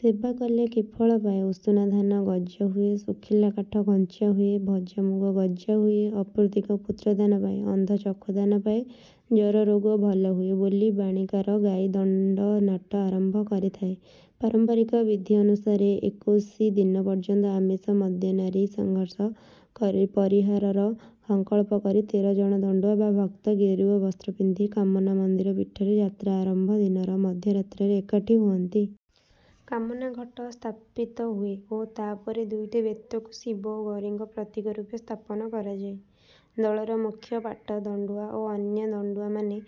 ସେବା କଲେ କି ଫଳ ପାଏ ଉଷୁନାଧାନ ଗଜା ହୁଏ ଶୁଖିଲା କାଠ କଞ୍ଚା ହୁଏ ଭଜାମୁଗ ଗଜା ହୁଏ ଅପୁତ୍ରିକ ପୁତ୍ରଦାନ ପାଏ ଅନ୍ଧ ଚକ୍ଷୁଦାନ ପାଏ ଜରାରୋଗ ଭଲ ହୁଏ ବୋଲି ବାଣୀକାର ଗାଇ ଦଣ୍ଡନାଟ ଆରମ୍ଭ କରିଥାଏ। ପାରମ୍ପରିକ ବିଧି ଅନୁସାରେ ଏକୋଇଶି ଦିନ ପର୍ଯ୍ୟନ୍ତ ଆମିଷ ମଦ୍ୟ ନାରୀସଂସର୍ଗ ପରିହାରର ସଂକଳ୍ପ କରି ତେର ଜଣ ଦଣ୍ଡୁଆ ବା ଭୋକ୍ତା ଗେରୁଆ ବସ୍ତ୍ର ପିନ୍ଧି କାମନା ମନ୍ଦିର ପୀଠରେ ଯାତ୍ରା ଆରମ୍ଭ ଦିନର ମଧ୍ୟରାତ୍ରରେ ଏକାଠି ହୁଅନ୍ତି। କାମନା ଘଟ ସ୍ଥାପିତ ହୁଏ ଓ ତା ପରେ ଦୁଇଟି ବେତକୁ ଶିବ ଓ ଗୌରୀଙ୍କ ପ୍ରତୀକ ରୂପେ ସ୍ଥାପନ କରାଯାଏ। ଦଳର ମୁଖ୍ୟ ପାଟ ଦଣ୍ଡୁଆ ଓ ଅନ୍ୟ ଦଣ୍ଡୁଆମାନେ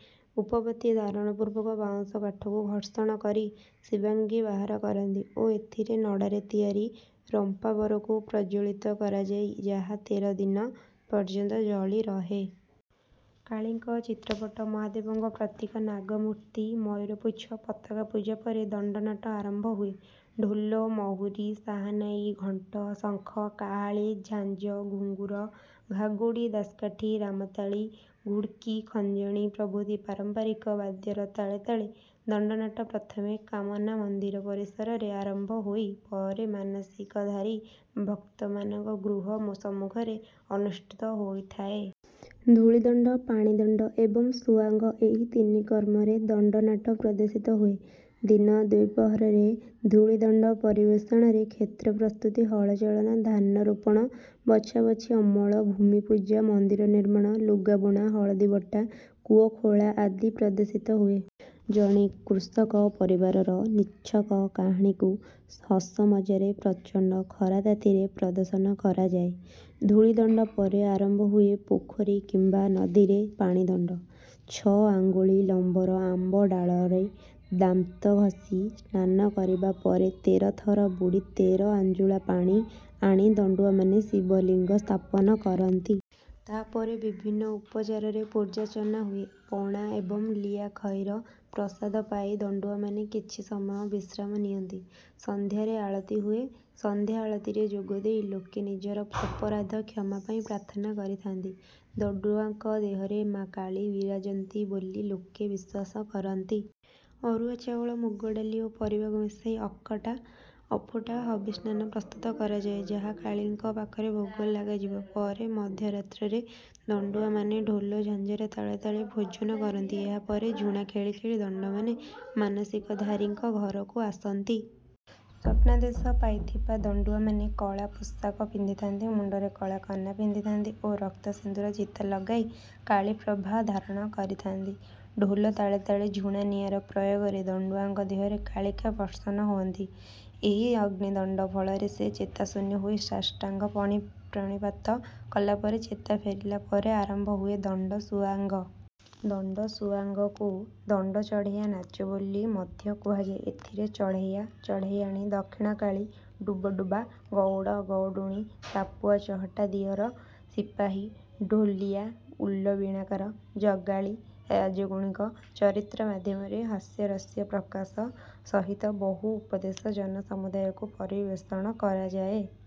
ଉପବୀତ ଧାରଣ ପୂର୍ବକ ବାଉଁଶକାଠକୁ ଘର୍ଷଣ କରି ଶିବାଗ୍ନି ବାହାର କରନ୍ତି ଓ ଏଥିରେ ନଡ଼ାରେ ତିଆରି ରମ୍ପାବରକୁ ପ୍ରଜ୍ୱଳିତ କରାଯାଏ ଯାହା ତେର ଦିନ ପର୍ଯ୍ୟନ୍ତ ଜଳି ରହେ। କାଳୀଙ୍କ ଚିତ୍ରପଟ ମହାଦେବଙ୍କ ପ୍ରତୀକ ନାଗ ମୂର୍ତ୍ତି ମୟୂରପୁଚ୍ଛ ପତାକା ପୂଜା ପରେ ଦଣ୍ଡନାଟ ଆରମ୍ଭ ହୁଏ। ଢୋଲ ମହୁରୀ ସାହାନାଇ ଘଣ୍ଟ ଶଙ୍ଖ କାହାଳୀ ଝାଞ୍ଜ ଘୁଙ୍ଗୁର ଘାଗୁଡ଼ି ଦାସକାଠି ରାମତାଳି ଘୁଡୁକୀ ଖଞ୍ଜଣୀ ପ୍ରଭୃତି ପାରମ୍ପରିକ ବାଦ୍ୟର ତାଳେ ତାଳେ ଦଣ୍ଡନାଟ ପ୍ରଥମେ କାମନା ମନ୍ଦିର ପରିସରରେ ଆରମ୍ଭ ହୋଇ ପରେ ମାନସିକଧାରୀ ଭକ୍ତମାନଙ୍କ ଗୃହ ସମ୍ମୁଖରେ ଅନୁଷ୍ଠିତ ହୋଇଥାଏ। ଧୂଳିଦଣ୍ଡ ପାଣିଦଣ୍ଡ ଏବଂ ସୁଆଙ୍ଗ ଏହି ତିନି କ୍ରମରେ ଦଣ୍ଡନାଟ ପ୍ରଦର୍ଶିତ ହୁଏ। ଦିନ ଦ୍ୱିପ୍ରହରରେ ଧୂଳିଦଣ୍ଡ ପରିବେଷଣରେ କ୍ଷେତ୍ର ପ୍ରସ୍ତୁତି ହଳ ଚାଳନା ଧାନ ରୋପଣ ବଛାବଛି ଅମଳ ଭୂମି ପୂଜା ମନ୍ଦିର ନିର୍ମାଣ ଲୁଗା ବୁଣା ହଳଦୀ ବଟା କୂଅ ଖୋଳା ଆଦି ପ୍ରଦର୍ଶିତ ହୁଏ। ଜଣେ କୃଷକ ପରିବାରର ନିଛକ କାହାଣୀକୁ ହସମଜାରେ ପ୍ରଚଣ୍ଡ ଖରାତାତିରେ ପ୍ରଦର୍ଶନ କରାଯାଏ। ଧୂଳିଦଣ୍ଡ ପରେ ଆରମ୍ଭ ହୁଏ ପୋଖରୀ କିମ୍ବା ନଦୀରେ ପାଣିଦଣ୍ଡ। ଛଅ ଆଙ୍ଗୁଳି ଲମ୍ବର ଆମ୍ବ ଡାଳରେ ଦାନ୍ତ ଘସି ସ୍ନାନ କରିବା ପରେ ତେର ଥର ବୁଡ଼ି ତେର ଆଞ୍ଜୁଳା ପାଣି ଆଣି ଦଣ୍ଡୁଆମାନେ ଶିବଲିଙ୍ଗ ସ୍ଥାପନା କରନ୍ତି। ତା ପରେ ବିଭିନ୍ନ ଉପଚାରରେ ପୂଜାର୍ଚ୍ଚନା ହୁଏ। ପଣା ଏବଂ ଲିଆଖଇର ପ୍ରସାଦ ପାଇ ଦଣ୍ଡୁଆମାନେ କିଛି ସମୟ ବିଶ୍ରାମ ନିଅନ୍ତି। ସନ୍ଧ୍ୟାରେ ଆଳତୀ ହୁଏ। ସନ୍ଧ୍ୟା ଆଳତୀରେ ଯୋଗଦେଇ ଲୋକେ ନିଜର ଅପରାଧ କ୍ଷମା ପାଇଁ ପ୍ରାର୍ଥନା କରିଥାନ୍ତି। ଦଣ୍ଡୁଆଙ୍କ ଦେହରେ ମାଆ କାଳୀ ବିରାଜନ୍ତି ବୋଲି ଲୋକେ ବିଶ୍ୱାସ କରନ୍ତି। ଅରୁଆ ଚାଉଳ ମୁଗ ଡାଲି ଓ ପରିବାକୁ ମିଶାଇ ଅକଟା ଅଫୁଟା ହବିଷ୍ୟାନ୍ନ ପ୍ରସ୍ତୁତ କରାଯାଏ ଯାହା କାଳୀଙ୍କ ପାଖରେ ଭୋଗ ଲଗାଯିବା ପରେ ମଧ୍ୟରାତ୍ରରେ ଦଣ୍ଡୁଆମାନେ ଢୋଲ ଝାଞ୍ଜର ତାଳେ ତାଳେ ଭୋଜନ କରନ୍ତି। ଏହା ପରେ ଝୁଣା ଖେଳି ଖେଳି ଦଣ୍ଡଦଳ ମାନସିକଧାରୀଙ୍କ ଘରକୁ ଆସନ୍ତି। ସ୍ୱପ୍ନାଦେଶ ପାଇଥିବା ଦଣ୍ଡୁଆମାନେ କଳା ପୋଷାକ ପିନ୍ଧିଥାନ୍ତି ମୁଣ୍ଡରେ କଳା କନା ବାନ୍ଧିଥାନ୍ତି ଓ ରକ୍ତ ସିନ୍ଦୁର ଚିତା ଲଗାଇ କାଳୀପ୍ରଭା ଧାରଣ କରିଥାନ୍ତି। ଢୋଲ ତାଳେ ତାଳେ ଝୁଣା ନିଆଁର ପ୍ରୟୋଗରେ ଦଣ୍ଡୁଆଙ୍କ ଦେହରେ କାଳିକା ପ୍ରସନ୍ନ ହୁଅନ୍ତି। ଏହି ଅଗ୍ନିଦଣ୍ଡ ଫଳରେ ସେ ଚେତାଶୂନ୍ୟ ହୋଇ ସାଷ୍ଟାଙ୍ଗ ପ୍ରଣିପାତ କଲା ପରେ ଚେତା ଫେରିଲା ପରେ ଆରମ୍ଭ ହୁଏ ଦଣ୍ଡସୁଆଙ୍ଗ। ଦଣ୍ଡସୁଆଙ୍ଗକୁ ଦଣ୍ଡ ଚଢ଼େୟା ନାଚ ବୋଲି ମଧ୍ୟ କୁହାଯାଏ। ଏଥିରେ ଚଢ଼େୟା ଚଢ଼େୟାଣୀ ଦକ୍ଷିଣକାଳୀ ଡୁବଡୁବା ଗଉଡ଼ ଗଉଡ଼ୁଣୀ ସାପୁଆ ଚହଟା ଦିଅର ସିପାହୀ ଢୋଲିଆ ଉଲ ବୀଣାକାର ଜଗାଳି ରାଜଗୁଣିଙ୍କ ଚରିତ୍ର ମାଧ୍ୟମରେ ହାସ୍ୟରସ ପ୍ରକାଶ ସହିତ ବହୁ ଉପଦେଶ ଜନସମୁଦାୟକୁ ପରିବେଷଣ କରାଯାଏ।